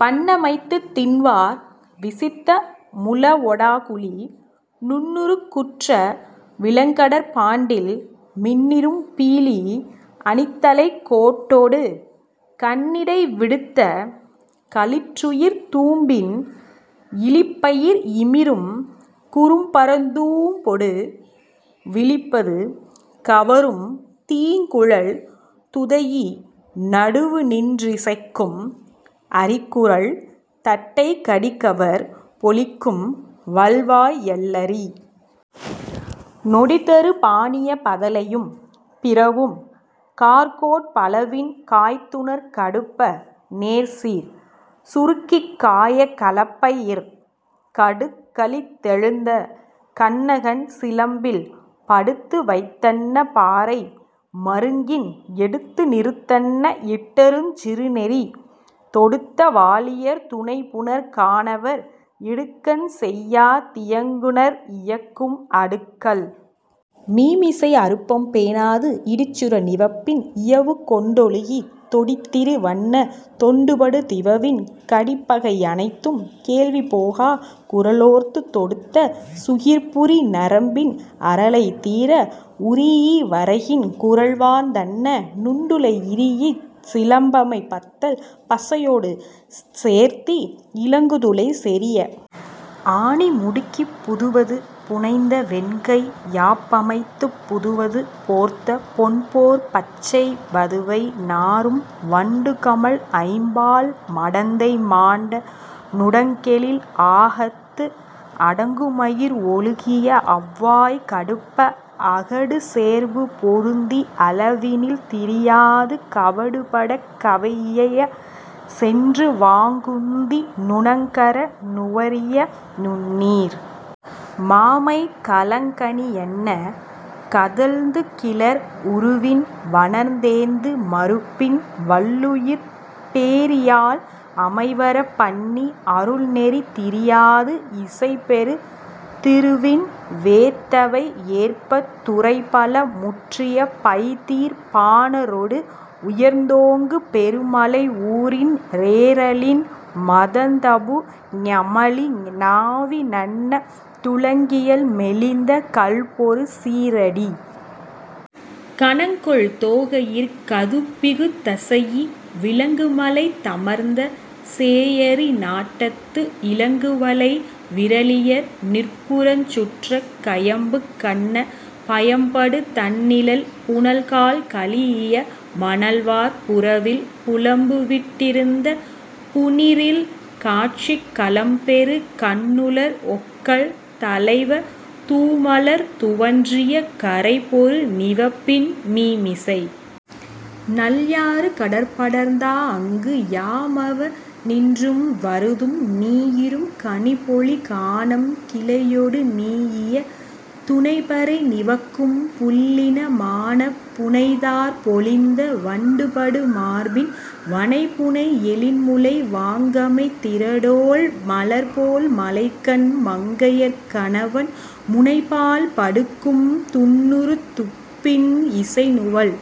பண்ணமைத்துத் திண்வார் விசித்த முழவொ டாகுளி நுண்ணுருக் குற்ற விளங்கடர்ப் பாண்டில் மின்னிரும் பீலி அணித்தழைக் கோட்டொடு கண்ணிடை விடுத்த களிற்றுயிர்த் தூம்பின் இளிப்பயிர் இமிரும் குறும்பரந் தூம்பொடு விளிப்பது கவரும் தீங்குழல் துதைஇ நடுவுநின் றிசைக்கும் அரிக்குரல் தட்டை கடிகவர் பொலிக்கும் வல்வாய் எல்லரி நொடிதரு பாணிய பதலையும் பிறவும் கார்கோட் பலவின் காய்த்துணர் கடுப்ப நேர்சீர் சுருக்கிக் காய கலப்பையிர் கடுக்கலித் தெழுந்த கண்ணகன் சிலம்பில் படுத்துவைத் தன்ன பாறை மருங்கின் எடுத்துநிறுத் தன்ன இட்டருஞ் சிறுநெறி தொடுத்த வாளியர் துணைபுணர் கானவர் இடுக்கண் செய்யா தியங்குநர் இயக்கும் அடுக்கல் மீமிசை அருப்பம் பேணாது இடிச்சுர நிவப்பின் இயவுக்கொண் டொழுகித் தொடித்திரி வன்ன தொண்டுபடு திவவின் கடிப்பகை யனைத்தும் கேள்வி போகாக் குரலோர்த்துத் தொடுத்த சுகிர்புரி நரம்பின் அரலை தீர உரீஇ வரகின் குரல்வார்ந் தன்ன நுண்டுளை இரீஇச் சிலம்பமை பத்தல் பசையொடு சேர்த்தி இலங்குதுளை செறிய ஆணி முடுக்கிப் புதுவது புனைந்த வெண்கை யாப்பமைத்துப் புதுவது போர்த்த பொன்போற் பச்சை வதுவை நாறும் வண்டுகமழ் ஐம்பால் மடந்தை மாண்ட நுடங்கெழில் ஆகத்து அடங்குமயிர் ஒழுகிய அவ்வாய் கடுப்ப அகடுசேர்பு பொருந்தி அளவினில் திரியாது கவடுபடக் கவைஇய சென்றுவாங் குந்தி நுணங்கர நுவறிய நுண்ணீர் மாமைக் களங்கனி யன்ன கதழ்ந்துகிளர் உருவின் வணர்ந்தேந்து மருப்பின் வள்ளுயிர்ப் பேரியாழ் அமைவரப் பண்ணி அருள்நெறி திரியாது இசைபெறு திருவின் வேத்தவை ஏற்பத் துறைபல முற்றிய பைதீர் பாணரொடு உயர்ந்தோங்கு பெருமலை ஊறின் றேறலின் மதந்தபு ஞமலி நாவி நன்ன துளங்கியல் மெலிந்த கல்பொரு சீறடிக் கணங்கொள் தோகையிற் கதுப்பிகுத் தசைஇ விலங்குமலைத் தமர்ந்த சேயரி நாட்டத்து இலங்குவளை விறலியர் நிற்புறஞ் சுற்றக் கயம்புக் கன்ன பயம்படு தண்ணிழல் புனல்கால் கழீஇய மணல்வார் புறவில் புலம்புவிட் டிருந்த புனிறில் காட்சிக் கலம்பெறு கண்ணுளர் ஒக்கல் தலைவ தூமலர் துவன்றிய கரைபொரு நிவப்பின் மீமிசை நல்யாறு கடற்படர்ந் தாஅங்கு யாமவ ணின்றும் வருதும் நீயிரும் கனிபொழி கானம் கிளையொ டுணீஇய துனைபறை நிவக்கும் புள்ளின மானப் புனைதார்ப் பொலிந்த வண்டுபடு மார்பின் வனைபுனை எழின்முலை வாங்கமைத் திரடோ ள் மலர்போல் மழைக்கண் மங்கையர் கணவன் முனைபாழ் படுக்கும் துன்னருந் துப்பின் இசைநுவல்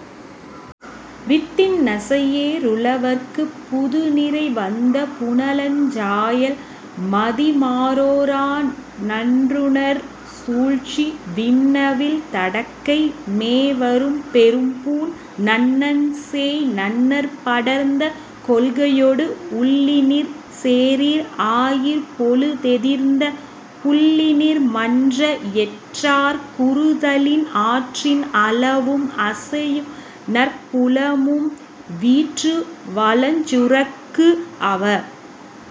வித்தின் நசையே ருழவர்க்குப் புதுநிறை வந்த புனலஞ் சாயல் மதிமா றோரா நன்றுணர் சூழ்ச்சி வின்னவில் தடக்கை மேவரும் பெரும்பூண் நன்னன்சேய் நன்னற் படர்ந்த கொள்கையொடு உள்ளினிர் சேறிர் ஆயிற் பொழுதெதிர்ந்த புள்ளினிர் மன்ற எற்றாக் குறுதலின் ஆற்றின் அளவும் அசையுநற் புலமும் வீற்றுவளஞ் சுரக்குஅவ